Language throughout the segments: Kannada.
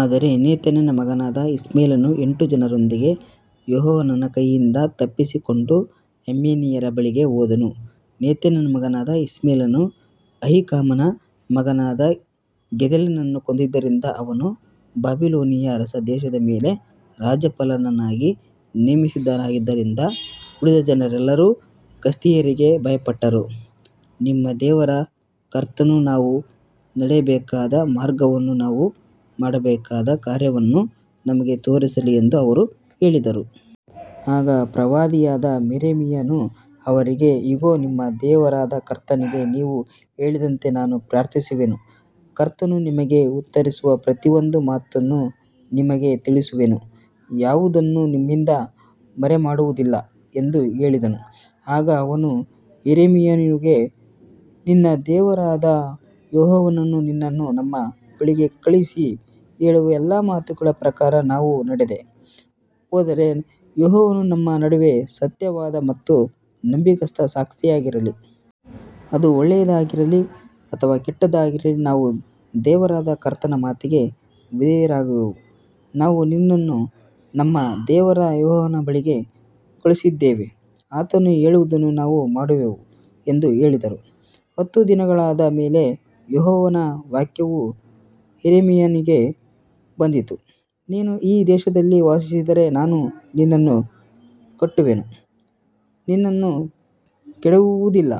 ಆದರೆ ನೆತನ್ಯನ ಮಗನಾದ ಇಷ್ಮಾಯೇಲನು ಎಂಟು ಜನರೊಂದಿಗೆ ಯೋಹಾನಾನನ ಕೈಯಿಂದ ತಪ್ಪಿಸಿಕೊಂಡು ಅಮ್ಮೋನಿಯರ ಬಳಿಗೆ ಹೋದನು. ನೆತನ್ಯನ ಮಗನಾದ ಇಷ್ಮಾಯೇಲನು ಅಹೀಕಾಮನ ಮಗನಾದ ಗೆದಲ್ಯನನ್ನು ಕೊಂದಿದ್ದರಿಂದ, ಅವನು ಬಾಬಿಲೋನಿನ ಅರಸನು ದೇಶದ ಮೇಲೆ ರಾಜ್ಯಪಾಲನನ್ನಾಗಿ ನೇಮಿಸಿದ್ದವನಾಗಿದ್ದರಿಂದ, ಉಳಿದ ಜನರೆಲ್ಲರೂ ಕಸ್ದೀಯರಿಗೆ ಭಯಪಟ್ಟರು. ನಿಮ್ಮ ದೇವರಾದ ಕರ್ತನು ನಾವು ನಡೆಯಬೇಕಾದ ಮಾರ್ಗವನ್ನೂ ನಾವು ಮಾಡಬೇಕಾದ ಕಾರ್ಯವನ್ನೂ ನಮಗೆ ತೋರಿಸಲಿ ಎಂದು ಅವರು ಹೇಳಿದರು. ಆಗ ಪ್ರವಾದಿಯಾದ ಯೆರೆಮೀಯನು ಅವರಿಗೆ, ಇಗೋ, ನಿಮ್ಮ ದೇವರಾದ ಕರ್ತನಿಗೆ ನೀವು ಹೇಳಿದಂತೆ ನಾನು ಪ್ರಾರ್ಥಿಸುವೆನು, ಕರ್ತನು ನಿಮಗೆ ಉತ್ತರಿಸುವ ಪ್ರತಿಯೊಂದು ಮಾತನ್ನೂ ನಿಮಗೆ ತಿಳಿಸುವೆನು, ಯಾವುದನ್ನೂ ನಿಮ್ಮಿಂದ ಮರೆಮಾಡುವುದಿಲ್ಲ ಎಂದು ಹೇಳಿದನು. ಆಗ ಅವರು ಯೆರೆಮೀಯನಿಗೆ, ನಿನ್ನ ದೇವರಾದ ಯೆಹೋವನು ನಿನ್ನನ್ನು ನಮ್ಮ ಬಳಿಗೆ ಕಳುಹಿಸಿ ಹೇಳುವ ಎಲ್ಲಾ ಮಾತುಗಳ ಪ್ರಕಾರ ನಾವು ಮಾಡದೆ ಹೋದರೆ, ಯೆಹೋವನು ನಮ್ಮ ನಡುವೆ ಸತ್ಯವಾದ ಮತ್ತು ನಂಬಿಗಸ್ತ ಸಾಕ್ಷಿಯಾಗಿರಲಿ. ಅದು ಒಳ್ಳೆಯದಾಗಿರಲಿ ಅಥವಾ ಕೆಟ್ಟದ್ದಾಗಿರಲಿ, ನಾವು ನಮ್ಮ ದೇವರಾದ ಕರ್ತನ ಮಾತಿಗೆ ವಿಧೇಯರಾಗುವೆವು, ನಾವು ನಿನ್ನನ್ನು ನಮ್ಮ ದೇವರಾದ ಯೆಹೋವನ ಬಳಿಗೆ ಕಳುಹಿಸಿದ್ದೇವೆ, ಆತನು ಹೇಳುವುದನ್ನು ನಾವು ಮಾಡುವೆವು ಎಂದು ಹೇಳಿದರು. ಹತ್ತು ದಿನಗಳಾದ ಮೇಲೆ ಯೆಹೋವನ ವಾಕ್ಯವು ಯೆರೆಮೀಯನಿಗೆ ಬಂದಿತು. ನೀನು ಈ ದೇಶದಲ್ಲಿ ವಾಸಿಸಿದರೆ ನಾನು ನಿನ್ನನ್ನು ಕಟ್ಟುವೆನು, ನಿನ್ನನ್ನು ಕೆಡವುವುದಿಲ್ಲ,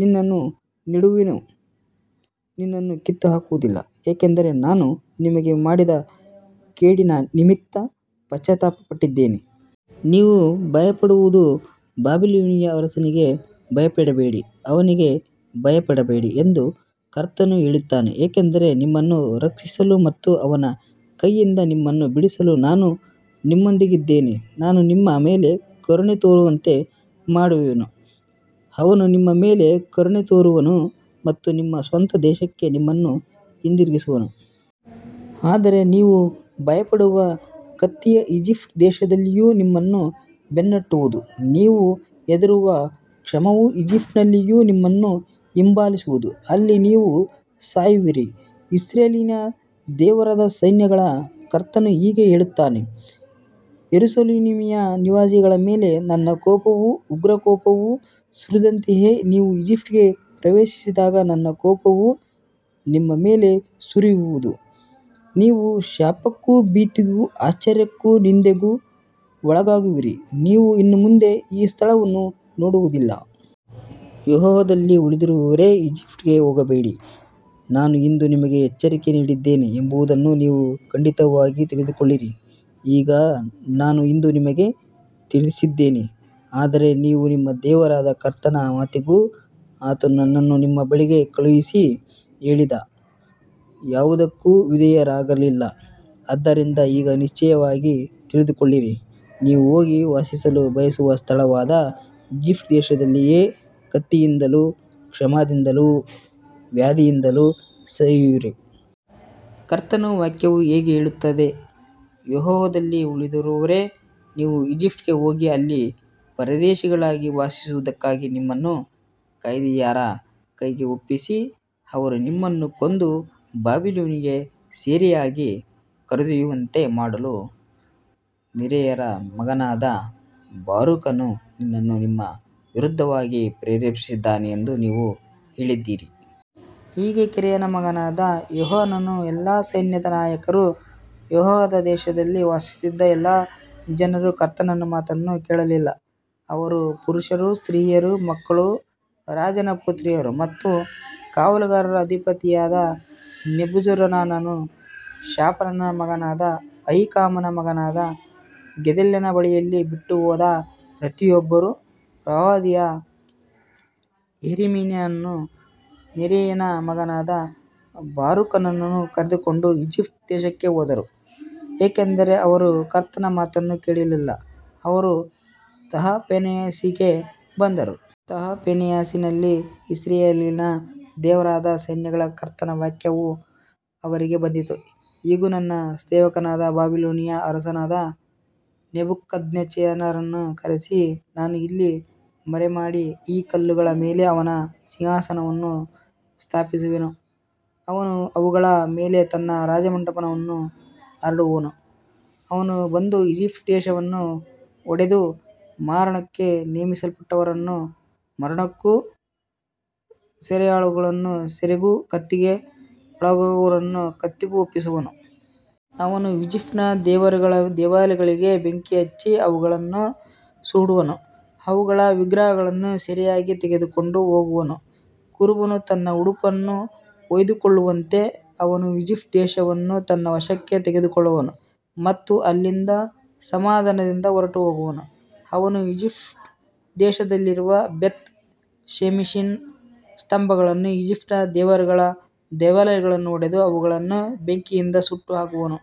ನಿನ್ನನ್ನು ನೆಡುವೆನು, ನಿನ್ನನ್ನು ಕಿತ್ತುಹಾಕುವುದಿಲ್ಲ, ಏಕೆಂದರೆ ನಾನು ನಿಮಗೆ ಮಾಡಿದ ಕೇಡಿನ ನಿಮಿತ್ತ ಪಶ್ಚಾತ್ತಾಪಪಟ್ಟಿದ್ದೇನೆ. ನೀವು ಭಯಪಡುವ ಬಾಬಿಲೋನಿನ ಅರಸನಿಗೆ ಭಯಪಡಬೇಡಿ, ಅವನಿಗೆ ಭಯಪಡಬೇಡಿ ಎಂದು ಕರ್ತನು ಹೇಳುತ್ತಾನೆ, ಏಕೆಂದರೆ ನಿಮ್ಮನ್ನು ರಕ್ಷಿಸಲು ಮತ್ತು ಅವನ ಕೈಯಿಂದ ನಿಮ್ಮನ್ನು ಬಿಡಿಸಲು ನಾನು ನಿಮ್ಮೊಂದಿಗಿದ್ದೇನೆ. ನಾನು ನಿಮ್ಮ ಮೇಲೆ ಕರುಣೆ ತೋರುವಂತೆ ಮಾಡುವೆನು, ಅವನು ನಿಮ್ಮ ಮೇಲೆ ಕರುಣೆ ತೋರುವನು ಮತ್ತು ನಿಮ್ಮ ಸ್ವಂತ ದೇಶಕ್ಕೆ ನಿಮ್ಮನ್ನು ಹಿಂದಿರುಗಿಸುವನು. ಆದರೆ ನೀವು ಭಯಪಡುವ ಕತ್ತಿಯು ಈಜಿಪ್ಟ್ ದೇಶದಲ್ಲಿಯೂ ನಿಮ್ಮನ್ನು ಬೆನ್ನಟ್ಟುವುದು, ನೀವು ಹೆದರುವ ಕ್ಷಾಮವು ಈಜಿಪ್ಟಿನಲ್ಲಿಯೂ ನಿಮ್ಮನ್ನು ಹಿಂಬಾಲಿಸುವುದು, ಅಲ್ಲಿ ನೀವು ಸಾಯುವಿರಿ. ಇಸ್ರಾಯೇಲಿನ ದೇವರಾದ ಸೈನ್ಯಗಳ ಕರ್ತನು ಹೀಗೆ ಹೇಳುತ್ತಾನೆ, ಯೆರೂಸಲೇಮಿನ ನಿವಾಸಿಗಳ ಮೇಲೆ ನನ್ನ ಕೋಪವೂ ಉಗ್ರಕೋಪವೂ ಸುರಿದಂತೆಯೇ, ನೀವು ಈಜಿಪ್ಟಿಗೆ ಪ್ರವೇಶಿಸಿದಾಗ ನನ್ನ ಕೋಪವು ನಿಮ್ಮ ಮೇಲೆ ಸುರಿಯುವುದು, ನೀವು ಶಾಪಕ್ಕೂ ಭೀತಿಗೂ ಆಶ್ಚರ್ಯಕ್ಕೂ ನಿಂದೆಗೂ ಒಳಗಾಗುವಿರಿ, ನೀವು ಇನ್ನು ಮುಂದೆ ಈ ಸ್ಥಳವನ್ನು ನೋಡುವುದಿಲ್ಲ. ಯೆಹೂದದಲ್ಲಿ ಉಳಿದಿರುವವರೇ, ಈಜಿಪ್ಟಿಗೆ ಹೋಗಬೇಡಿ. ನಾನು ಇಂದು ನಿಮಗೆ ಎಚ್ಚರಿಕೆ ನೀಡಿದ್ದೇನೆ ಎಂಬುದನ್ನು ನೀವು ಖಂಡಿತವಾಗಿ ತಿಳಿದುಕೊಳ್ಳಿರಿ. ಈಗ ನಾನು ಇಂದು ನಿಮಗೆ ತಿಳಿಸಿದ್ದೇನೆ, ಆದರೆ ನೀವು ನಿಮ್ಮ ದೇವರಾದ ಕರ್ತನ ಮಾತಿಗೂ, ಆತನು ನನ್ನನ್ನು ನಿಮ್ಮ ಬಳಿಗೆ ಕಳುಹಿಸಿ ಹೇಳಿದ ಯಾವುದಕ್ಕೂ ವಿಧೇಯರಾಗಲಿಲ್ಲ. ಆದ್ದರಿಂದ ಈಗ ನಿಶ್ಚಯವಾಗಿ ತಿಳಿದುಕೊಳ್ಳಿರಿ, ನೀವು ಹೋಗಿ ವಾಸಿಸಲು ಬಯಸುವ ಸ್ಥಳವಾದ ಈಜಿಪ್ಟ್ ದೇಶದಲ್ಲಿಯೇ ಕತ್ತಿಯಿಂದಲೂ ಕ್ಷಾಮದಿಂದಲೂ ವ್ಯಾಧಿಯಿಂದಲೂ ಸಾಯುವಿರಿ. ಕರ್ತನ ವಾಕ್ಯವು ಹೀಗೆ ಹೇಳುತ್ತದೆ, ಯೆಹೂದದಲ್ಲಿ ಉಳಿದಿರುವವರೇ, ನೀವು ಈಜಿಪ್ಟಿಗೆ ಹೋಗಿ ಅಲ್ಲಿ ಪರದೇಶಿಗಳಾಗಿ ವಾಸಿಸುವುದಕ್ಕಾಗಿ, ನಮ್ಮನ್ನು ಕಸ್ದೀಯರ ಕೈಗೆ ಒಪ್ಪಿಸಿ, ಅವರು ನಮ್ಮನ್ನು ಕೊಂದು ಬಾಬಿಲೋನಿಗೆ ಸೆರೆಯಾಗಿ ಕರೆದೊಯ್ಯುವಂತೆ ಮಾಡಲು, ನೆರೀಯನ ಮಗನಾದ ಬಾರೂಕನು ನಿನ್ನನ್ನು ನಮ್ಮ ವಿರುದ್ಧವಾಗಿ ಪ್ರೇರೇಪಿಸಿದ್ದಾನೆ ಎಂದು ನೀವು ಹೇಳಿದ್ದೀರಿ. ಹೀಗೆ ಕರೇಹನ ಮಗನಾದ ಯೋಹಾನಾನನೂ, ಎಲ್ಲಾ ಸೈನ್ಯದ ನಾಯಕರೂ, ಯೆಹೂದ ದೇಶದಲ್ಲಿ ವಾಸಿಸುತ್ತಿದ್ದ ಎಲ್ಲಾ ಜನರೂ ಕರ್ತನ ಮಾತನ್ನು ಕೇಳಲಿಲ್ಲ. ಅವರು ಪುರುಷರೂ ಸ್ತ್ರೀಯರೂ ಮಕ್ಕಳೂ ರಾಜನ ಪುತ್ರಿಯರೂ ಮತ್ತು ಕಾವಲುಗಾರರ ಅಧಿಪತಿಯಾದ ನೆಬೂಜರದಾನನು ಶಾಫಾನನ ಮಗನಾದ ಅಹೀಕಾಮನ ಮಗನಾದ ಗೆದಲ್ಯನ ಬಳಿಯಲ್ಲಿ ಬಿಟ್ಟುಹೋದ ಪ್ರತಿಯೊಬ್ಬರೂ, ಪ್ರವಾದಿಯಾದ ಯೆರೆಮೀಯನನ್ನೂ ನೆರೀಯನ ಮಗನಾದ ಬಾರೂಕನನ್ನೂ ಕರೆದುಕೊಂಡು ಈಜಿಪ್ಟ್ ದೇಶಕ್ಕೆ ಹೋದರು, ಏಕೆಂದರೆ ಅವರು ಕರ್ತನ ಮಾತನ್ನು ಕೇಳಲಿಲ್ಲ, ಅವರು ತಹಪನೇಹೆಸಿಗೆ ಬಂದರು. ತಹಪನೇಹೆಸಿನಲ್ಲಿ ಇಸ್ರಾಯೇಲಿನ ದೇವರಾದ ಸೈನ್ಯಗಳ ಕರ್ತನ ವಾಕ್ಯವು ಅವರಿಗೆ ಬಂದಿತು, ಇಗೋ, ನಾನು ನನ್ನ ಸೇವಕನಾದ ಬಾಬಿಲೋನಿನ ಅರಸನಾದ ನೆಬೂಕದ್ನೆಚ್ಚರನನ್ನು ಕರೆಸಿ, ನಾನು ಇಲ್ಲಿ ಮರೆಮಾಡಿದ ಈ ಕಲ್ಲುಗಳ ಮೇಲೆ ಅವನ ಸಿಂಹಾಸನವನ್ನು ಸ್ಥಾಪಿಸುವೆನು, ಅವನು ಅವುಗಳ ಮೇಲೆ ತನ್ನ ರಾಜಮಂಟಪವನ್ನು ಹರಡುವನು. ಅವನು ಬಂದು ಈಜಿಪ್ಟ್ ದೇಶವನ್ನು ಹೊಡೆದು, ಮರಣಕ್ಕೆ ನೇಮಿಸಲ್ಪಟ್ಟವರನ್ನು ಮರಣಕ್ಕೂ, ಸೆರೆಯಾಳುಗಳನ್ನು ಸೆರೆಗೂ, ಕತ್ತಿಗೆ ಒಳಗಾಗುವವರನ್ನು ಕತ್ತಿಗೂ ಒಪ್ಪಿಸುವನು. ಅವನು ಈಜಿಪ್ಟಿನ ದೇವರುಗಳ ದೇವಾಲಯಗಳಿಗೆ ಬೆಂಕಿ ಹಚ್ಚಿ ಅವುಗಳನ್ನು ಸುಡುವನು, ಅವುಗಳ ವಿಗ್ರಹಗಳನ್ನು ಸೆರೆಯಾಗಿ ತೆಗೆದುಕೊಂಡು ಹೋಗುವನು. ಕುರುಬನು ತನ್ನ ಉಡುಪನ್ನು ಹೊದ್ದುಕೊಳ್ಳುವಂತೆ ಅವನು ಈಜಿಪ್ಟ್ ದೇಶವನ್ನು ತನ್ನ ವಶಕ್ಕೆ ತೆಗೆದುಕೊಳ್ಳುವನು ಮತ್ತು ಅಲ್ಲಿಂದ ಸಮಾಧಾನದಿಂದ ಹೊರಟುಹೋಗುವನು. ಅವನು ಈಜಿಪ್ಟ್ ದೇಶದಲ್ಲಿರುವ ಬೇತ್‌ಶೆಮೆಷಿನ ಸ್ತಂಭಗಳನ್ನೂ ಈಜಿಪ್ಟಿನ ದೇವರುಗಳ ದೇವಾಲಯಗಳನ್ನೂ ಒಡೆದು, ಅವುಗಳನ್ನು ಬೆಂಕಿಯಿಂದ ಸುಟ್ಟುಹಾಕುವನು.